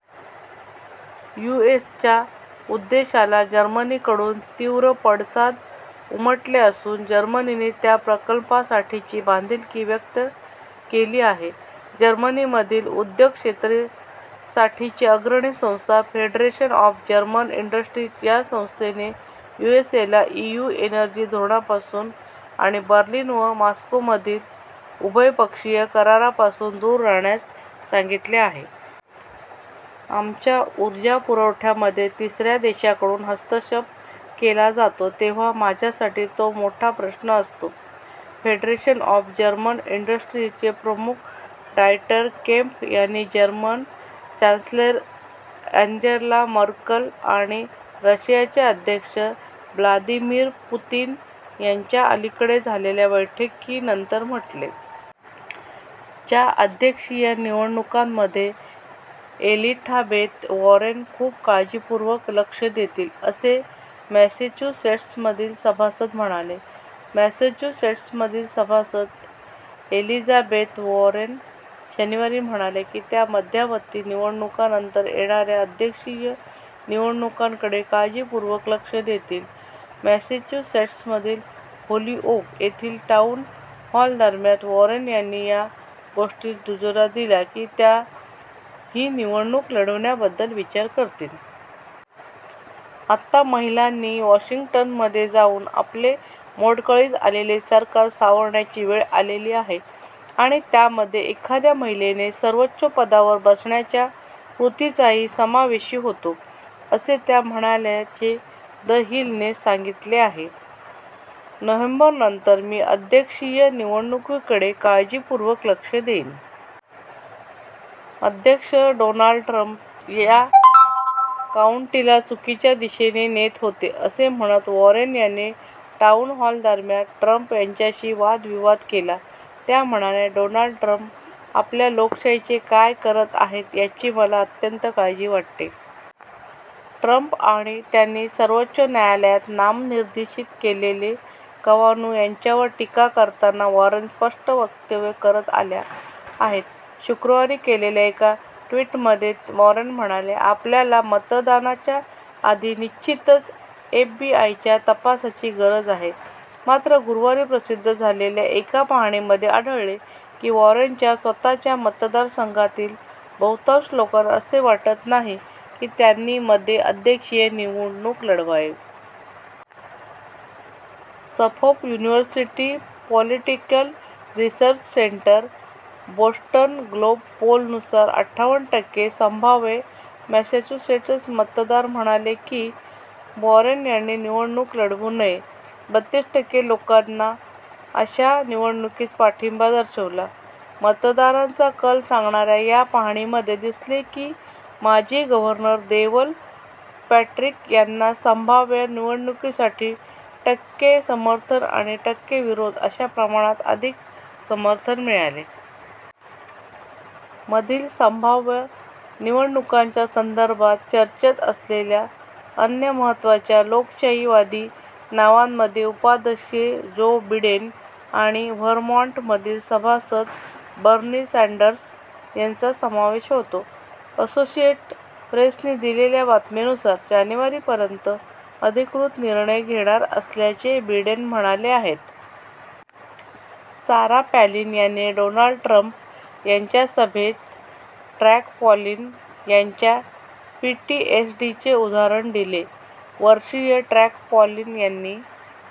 यूएसच्या उद्देशाला जर्मनीकडून तीव्र पडसाद उमटले असून जर्मनीने त्या प्रकल्पासाठीची बांधीलकी व्यक्त केली आहे. जर्मनीमधील उद्योगक्षेत्रासाठीची अग्रणी संस्था फेडरेशन ऑफ जर्मन इंडस्ट्रीज या संस्थेने यूएसला ईयू एनर्जी धोरणापासून आणि बर्लिन व मॉस्कोमधील उभय पक्षीय करारापासून दूर राहण्यास सांगितले आहे. "आमच्या उर्जा पुरवठ्यामध्ये तिसऱ्या देशाकडून हस्तक्षेप केला जातो तेव्हा माझ्यासाठी तो मोठा प्रश्न असतो," फेडरेशन ऑफ जर्मन इंडस्ट्रीजचे प्रमुख डाएटर केम्फ यांनी जर्मन चॅन्सेलर अँन्जेला मर्कल आणि रशियाचे अध्यक्ष ब्लादिमीर पुतिन यांच्या अलीकडे झालेल्या बैठकीनंतर म्हटले. च्या अध्यक्षीय निवडणुकांकडे एलिथाबेथ वॉरेन "खूप काळजीपूर्वक लक्ष" देतील, असे मॅसॅच्युसेट्समधील सभासद म्हणाले. मॅसॅच्युसेट्समधील सभासद एलिझाबेथ वॉरेन शनिवारी म्हणाल्या की त्या मध्यावधी निवडणुकांनंतर येणाऱ्या अध्यक्षीय निवडणुकांकडे "काळजीपूर्वक लक्ष" देतील. मॅसॅच्युसेट्समधील होलीओक येथील टाउन हॉलदरम्यान वॉरेन यांनी या गोष्टीस दुजोरा दिला की त्या ही निवडणूक लढविण्याबद्दल विचार करतील. "आता महिलांनी वॉशिंग्टनमध्ये जाऊन आपले मोडकळीस आलेले सरकार सावरण्याची वेळ आलेली आहे आणि त्यामध्ये एखाद्या महिलेने सर्वोच्च पदावर बसण्याच्या कृतीचाही समावेशी होतो," असे त्या म्हणाल्याचे द हिल ने सांगितले आहे. " नोव्हेंबरनंतर, मी अध्यक्षीय निवडणुकीकडे काळजीपूर्वक लक्ष देईन. " अध्यक्ष डोनाल्ड ट्रम्प "या काउंटीला चुकीच्या दिशेने नेत होते" असे म्हणत वॉरेन यांनी टाउन हॉलदरम्यान ट्रम्प यांच्याशी वादविवाद केला. त्या म्हणाल्या, "डोनाल्ड ट्रम्प आपल्या लोकशाहीचे काय करत आहेत याची मला अत्यंत काळजी वाटते. " ट्रम्प आणि त्यांनी सर्वोच्च न्यायालयात नामनिर्देशित केलेले कवानु यांच्यावर टीका करताना वॉरेन स्पष्ट वक्तव्य करत आल्या आहेत. शुक्रवारी केलेल्या एका ट्विटमध्ये, वॉरेन म्हणाल्या, "आपल्याला मतदानाच्या आधी निश्चितच एफबीआय़च्या तपासाची गरज आहे. " मात्र, गुरुवारी प्रसिद्ध झालेल्या एका पाहणीमध्ये आढळले की वॉरेनच्या स्वतःच्या मतदारसंघातील बहुतांश लोकांना असे वाटत नाही की त्यांनी मध्ये अध्यक्षीय निवडणुक लढवावी. Suffolk University Political Research Center Boston Globe poll नुसार अठ्ठावन्न टक्के "संभाव्य" मॅसॅच्युसेट्स मतदार म्हणाले की वॉरेन यांनी निवडणूक लढवू नये. बत्तीस टक्के लोकांनी अशा निवडणुकीस पाठिंबा दर्शवला. मतदारांचा कल सांगणाऱ्या या पाहणीमध्ये दिसले की माजी गव्हर्नर देवल पॅट्रिक यांना संभाव्य निवडणुकीसाठी टक्के समर्थन आणि टक्के विरोध अशा प्रमाणात अधिक समर्थन मिळाले. मधील संभाव्य निवडणुकांच्या संदर्भात चर्चेत असलेल्या अन्य महत्त्वाच्या लोकशाहीवादी नावांमध्ये उपाध्यक्ष जो बिडेन आणि व्हरमॉन्टमधील सभासद बर्नी सॅंडर्स यांचा समावेश होता. असोसिएट प्रेसने दिलेल्या बातमीनुसार जानेवारीपर्यंत अधिकृत निर्णय घेणार असल्याचे बिडेन म्हणाले आहेत. सारा पॅलिन यांनी डोनाल्ड ट्रम्प यांच्या सभेत ट्रॅक पॅलिन यांच्या पीटीएसडीचे उदाहरण दिले. वर्षीय ट्रॅक पॅलिन यांनी